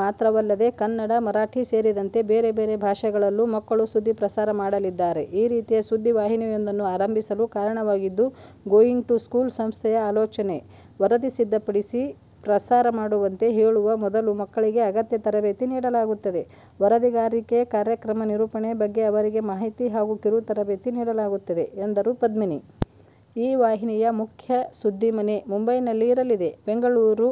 ಮಾತ್ರವಲ್ಲದೆ ಕನ್ನಡ, ಮರಾಠಿ ಸೇರಿದಂತೆ ಬೇರೆ ಬೇರೆ ಭಾಷೆಗಳಲ್ಲೂ ಮಕ್ಕಳು ಸುದ್ದಿ ಪ್ರಸಾರ ಮಾಡಲಿದ್ದಾರೆ. ಈ ರೀತಿಯ ಸುದ್ದಿ ವಾಹಿನಿಯೊಂದನ್ನು ಆರಂಭಿಸಲು ಕಾರಣವಾಗಿದ್ದು ಗೋಯಿಂಗ್ ಟು ಸ್ಕೂಲ್ ಸಂಸ್ಥೆಯ ಆಲೋಚನೆ. ವರದಿ ಸಿದ್ಧಪಡಿಸಿ, ಪ್ರಸಾರ ಮಾಡುವಂತೆ ಹೇಳುವ ಮೊದಲು ಮಕ್ಕಳಿಗೆ ಅಗತ್ಯ ತರಬೇತಿ ನೀಡಲಾಗುತ್ತದೆ. ವರದಿಗಾರಿಕೆ, ಕಾರ್ಯಕ್ರಮ ನಿರೂಪಣೆ ಬಗ್ಗೆ ಅವರಿಗೆ ಮಾಹಿತಿ ಹಾಗೂ ಕಿರು ತರಬೇತಿ ನೀಡಲಾಗುತ್ತದೆ' ಎಂದರು ಪದ್ಮಿನಿ. ಈ ವಾಹಿನಿಯ ಮುಖ್ಯ 'ಸುದ್ದಿಮನೆ' ಮುಂಬೈನಲ್ಲಿ ಇರಲಿದೆ. ಬೆಂಗಳೂರು,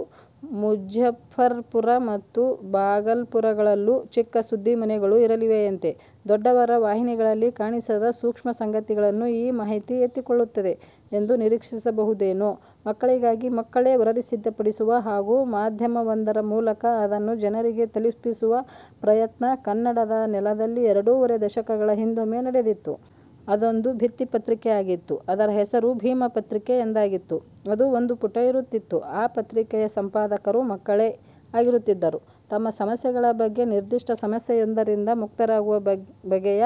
ಮುಝಫ್ಫರ್ಪುರ ಮತ್ತು ಭಾಗಲ್ಪುರಗಳಲ್ಲೂ ಚಿಕ್ಕ 'ಸುದ್ದಿಮನೆ'ಗಳು ಇರಲಿವೆಯಂತೆ. ದೊಡ್ಡವರ ವಾಹಿನಿಗಳಲ್ಲಿ ಕಾಣಿಸದ ಸೂಕ್ಷ್ಮ ಸಂಗತಿಗಳನ್ನು ಈ ವಾಹಿತಿ ಎತ್ತಿಕೊಳ್ಳುತ್ತದೆ ಎಂದು ನಿರೀಕ್ಷಿಸಬಹುದೇನೋ. ಮಕ್ಕಳಿಗಾಗಿ ಮಕ್ಕಳೇ ವರದಿ ಸಿದ್ಧಪಡಿಸುವ ಹಾಗೂ ಮಾಧ್ಯಮವೊಂದರ ಮೂಲಕ ಅದನ್ನು ಜನರಿಗೆ ತಲುಪಿಸುವ ಪ್ರಯತ್ನ ಕನ್ನಡದ ನೆಲದಲ್ಲಿ ಎರಡೂವರೆ ದಶಕಗಳ ಹಿಂದೊಮ್ಮೆ ನಡೆದಿತ್ತು. ಅದೊಂದು ಭಿತ್ತಿ ಪತ್ರಿಕೆ ಆಗಿತ್ತು. ಅದರ ಹೆಸರು 'ಭೀಮ ಪತ್ರಿಕೆ' ಎಂದಾಗಿತ್ತು. ಅದು ಒಂದು ಪುಟ ಇರುತ್ತಿತ್ತು. ಆ ಪತ್ರಿಕೆಯ ಸಂಪಾದಕರು ಮಕ್ಕಳೇ ಆಗಿರುತ್ತಿದ್ದರು. ತಮ್ಮ ಸಮಸ್ಯೆಗಳ ಬಗ್ಗೆ, ನಿರ್ದಿಷ್ಟ ಸಮಸ್ಯೆಯೊಂದರಿಂದ ಮುಕ್ತರಾಗುವ ಬಗೆಯ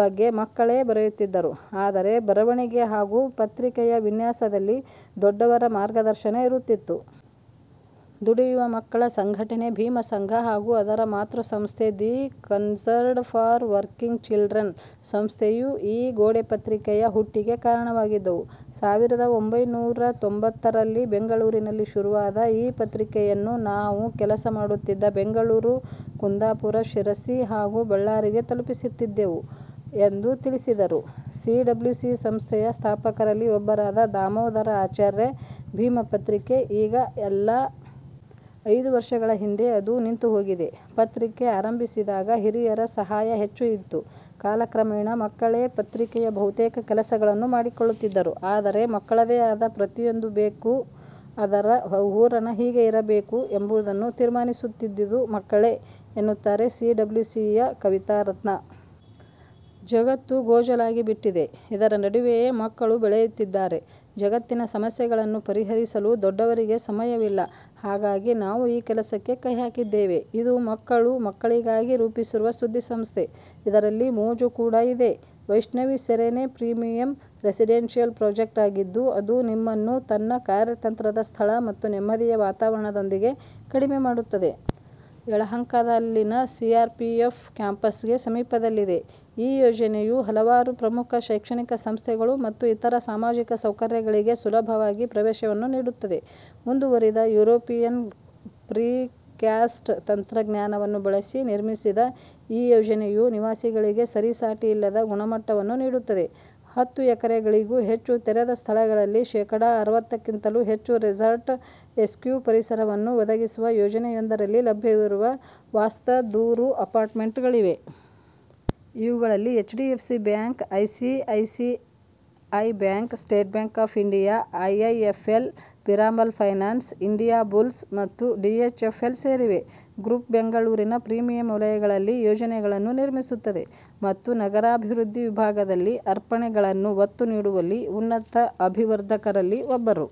ಬಗ್ಗೆ ಮಕ್ಕಳೇ ಬರೆಯುತ್ತಿದ್ದರು. ಆದರೆ ಬರವಣಿಗೆ ಹಾಗೂ ಪತ್ರಿಕೆಯ ವಿನ್ಯಾಸದಲ್ಲಿ ದೊಡ್ಡವರ ಮಾರ್ಗದರ್ಶನ ಇರುತ್ತಿತ್ತು. ದುಡಿಯುವ ಮಕ್ಕಳ ಸಂಘಟನೆ 'ಭೀಮ ಸಂಘ' ಹಾಗೂ ಅದರ ಮಾತೃ ಸಂಸ್ಥೆ 'the concerned for working children' ಸಂಸ್ಥೆಯು ಈ ಗೋಡೆಪತ್ರಿಕೆಯ ಹುಟ್ಟಿಗೆ ಕಾರಣವಾಗಿದ್ದವು. 'ಸಾವಿರದ ಒಂಭೈನೂರ ತೊಂಭತ್ತರಲ್ಲಿ ಬೆಂಗಳೂರಿನಲ್ಲಿ ಶುರುವಾದ ಈ ಪತ್ರಿಕೆಯನ್ನು ನಾವು ಕೆಲಸ ಮಾಡುತ್ತಿದ್ದ ಬೆಂಗಳೂರು, ಕುಂದಾಪುರ, ಶಿರಸಿ ಹಾಗೂ ಬಳ್ಳಾರಿಗೆ ತಲುಪಿಸುತ್ತಿದ್ದೆವು' ಎಂದು ತಿಳಿಸಿದರು ಸಿಡಬ್ಲ್ಯೂಸಿ ಸಂಸ್ಥೆಯ ಸ್ಥಾಪಕರಲ್ಲಿ ಒಬ್ಬರಾದ ದಾಮೋದರ ಆಚಾರ್ಯ 'ಭೀಮ ಪತ್ರಿಕೆ' ಈಗ ಇಲ್ಲ. ಐದು ವರ್ಷಗಳ ಹಿಂದೆ ಅದು ನಿಂತುಹೋಗಿದೆ. 'ಪತ್ರಿಕೆ ಆರಂಭಿಸಿದಾಗ ಹಿರಿಯರ ಸಹಾಯ ಹೆಚ್ಚು ಇತ್ತು. ಕಾಲಕ್ರಮೇಣ ಮಕ್ಕಳೇ ಪತ್ರಿಕೆಯ ಬಹುತೇಕ ಕೆಲಸಗಳನ್ನು ಮಾಡಿಕೊಳ್ಳುತ್ತಿದ್ದರು. ಆದರೆ, ಮಕ್ಕಳದೇ ಆದ ಪತ್ರಿಕೆಯೊಂದು ಬೇಕು, ಅದರ ಹೂರಣ ಹೀಗೇ ಇರಬೇಕು ಎಂಬುದನ್ನು ತೀರ್ಮಾನಿಸುತ್ತಿದ್ದುದು ಮಕ್ಕಳೇ' ಎನ್ನುತ್ತಾರೆ ಸಿಡಬ್ಲ್ಯೂಸಿಯ ಕವಿತಾ ರತ್ನಾ. ಜಗತ್ತು ಗೋಜಲಾಗಿಬಿಟ್ಟಿದೆ. ಇದರ ನಡುವೆಯೇ ಮಕ್ಕಳು ಬೆಳೆಯುತ್ತಿದ್ದಾರೆ. ಜಗತ್ತಿನ ಸಮಸ್ಯೆಗಳನ್ನು ಪರಿಹರಿಸಲು ದೊಡ್ಡವರಿಗೆ ಸಮಯವಿಲ್ಲ. ಹಾಗಾಗಿ ನಾವು ಈ ಕೆಲಸಕ್ಕೆ ಕೈಹಾಕಿದ್ದೇವೆ. ಇದು ಮಕ್ಕಳು, ಮಕ್ಕಳಿಗಾಗಿ ರೂಪಿಸಿರುವ ಸುದ್ಧಿ ಸಂಸ್ಥೆ. ಇದರಲ್ಲಿ ಮೋಜು ಕೂಡ ಇದೆ. Vaishnavi serene premium residential project ಆಗಿದ್ದು, ಅದು ನಿಮ್ಮನ್ನು ತನ್ನ ಕಾರ್ಯತಂತ್ರದ ಸ್ಥಳ ಮತ್ತು ನೆಮ್ಮದಿಯ ವಾತಾವರಣದೊಂದಿಗೆ ಕಡಿಮೆ ಮಾಡುತ್ತದೆ. ಯಳಹಂಕಾದಲ್ಲಿನ ಸಿಆರ್ಪಿಎಫ್ ಕ್ಯಾಂಪಸ್ಗೆ ಸಮೀಪದಲ್ಲಿದೆ, ಈ ಯೋಜನೆಯು ಹಲವಾರು ಪ್ರಮುಖ ಶೈಕ್ಷಣಿಕ ಸಂಸ್ಥೆಗಳು ಮತ್ತು ಇತರ ಸಾಮಾಜಿಕ ಸೌಕರ್ಯಗಳಿಗೆ ಸುಲಭವಾಗಿ ಪ್ರವೇಶವನ್ನು ನೀಡುತ್ತದೆ. ಮುಂದುವರಿದ ಯುರೋಪಿಯನ್ ಪ್ರಿಕ್ಯಾಸ್ಟ್ ತಂತ್ರಜ್ಞಾನವನ್ನು ಬಳಸಿ ನಿರ್ಮಿಸಿದ ಈ ಯೋಜನೆಯು ನಿವಾಸಿಗಳಿಗೆ ಸರಿಸಾಟಿಯಿಲ್ಲದ ಗುಣಮಟ್ಟವನ್ನು ನೀಡುತ್ತದೆ. ಹತ್ತು ಎಕರೆಗಳಿಗೂ ಹೆಚ್ಚು ತೆರೆದ ಸ್ಥಳಗಳಲ್ಲಿ ಶೆಕಡಾ ಅರವತ್ತಕ್ಕಿಂತಲೂ ಹೆಚ್ಚು ರೆಸಾರ್ಟ್ ಎಸ್ಕ್ಯೂ ಪರಿಸರವನ್ನು ಒದಗಿಸುವ ಯೋಜನೆಯೊಂದರಲ್ಲಿ ಲಭ್ಯವಿರುವ ವಾಸ್ತ ದೂರು ಅಪಾರ್ಟ್ಮೆಂಟ್ಗಳಿವೆ. ಇವುಗಳಲ್ಲಿ HDFC bank, ICICI bank, state bank of India, IIFL, Piramal Finance, Indiabulls ಮತ್ತು ಡಿಎಚ್ಎಫ್ಎಲ್ ಸೇರಿವೆ. ಗ್ರೂಪ್ ಬೆಂಗಳೂರಿನ ಪ್ರೀಮಿಯಂ ವಲಯಗಳಲ್ಲಿ ಯೋಜನೆಗಳನ್ನು ನಿರ್ಮಿಸುತ್ತದೆ ಮತ್ತು ನಗರಾಭಿವೃದ್ಧಿ ವಿಭಾಗದಲ್ಲಿ ಅರ್ಪಣೆಗಳನ್ನು ಒತ್ತು ನೀಡುವಲ್ಲಿ ಉನ್ನತ ಅಭಿವರ್ಧಕರಲ್ಲಿ ಒಬ್ಬರು.